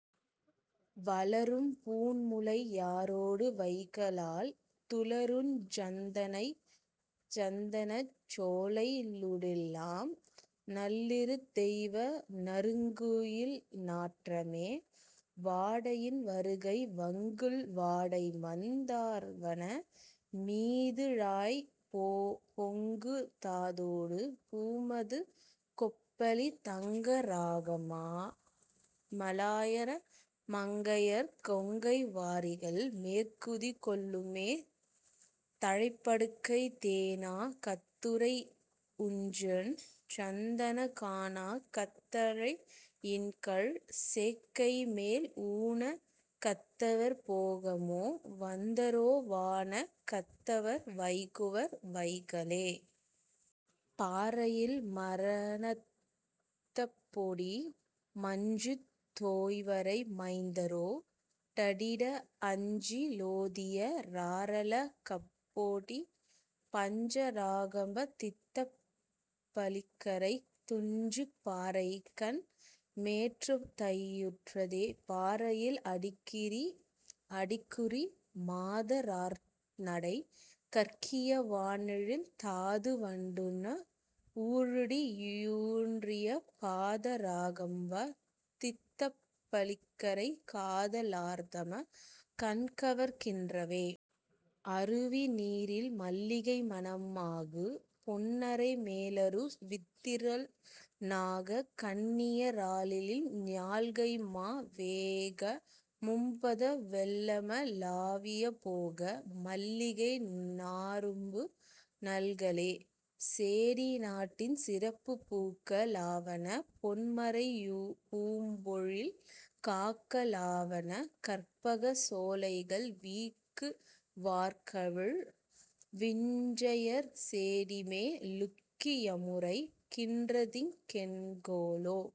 வளரும் பூண்முலை யாரொடு வைகலால் துளருஞ் சந்தனச் சோலைக ளூடெலாம் நளிருந் தெய்வ நறுங்குளிர் நாற்றமே. வாடையின் வருகை மங்குல் வாடைமந் தார்வன மீதுழாய்ப் பொங்கு தாதொடு பூமதுக் கொப்பளித் தங்க ராகம ளாயர மங்கையர் கொங்கை வாரிகள் மேற்குதி கொள்ளுமே. தழைப் படுக்கை தேன கத்துறை யுஞ்செழுஞ் சந்தனக் கான கத்தழை யின்கமழ் சேக்கை மேல் ஊன கத்தவர் போகமு வந்தரோ வான கத்தவர் வைகுவர் வைகலே. பாறையில் மரந்தப்பொடி மஞ்சு தோய்வரை மைந்தரொ டடிய அஞ்சி லோதிய ராரள கப்பொடி பஞ்ச ராகம்ப தித்தப ளிக்கறைத் துஞ்சு பாறைகண் மேற்று தை வுற்றதே. பாறையில் அடிக்கிறிஅடிக்குறி மாத ரார்நடை கற்கிய வானிழிந் தாது வண்டுண வூழடி யூன்றிய பாத ராகம்ப தித்தப ளிக்கறை காத லார்தம கண்கவர் கின்றவே. அருவிநீரில் மல்லிகை மணம் ஆகு பொன்னறை மேலரு வித்திரள் நாக கன்னிய ராலின் ஞால்கைம்மா வேக மும்மத வெள்ளம ளாவிய போக மல்லிகை நாறும்பு னல்களே. சேடி நாட்டின் சிறப்பு பூக்க ளாவன பொன்மரை பூம்பொழில் காக்க ளாவன கற்பகச் சோலைகள் வீக்கு வார்கழல் விஞ்சையர் சேடிமே லூக்கி யமுரைக் கின்றதிங் கென்கொலோ.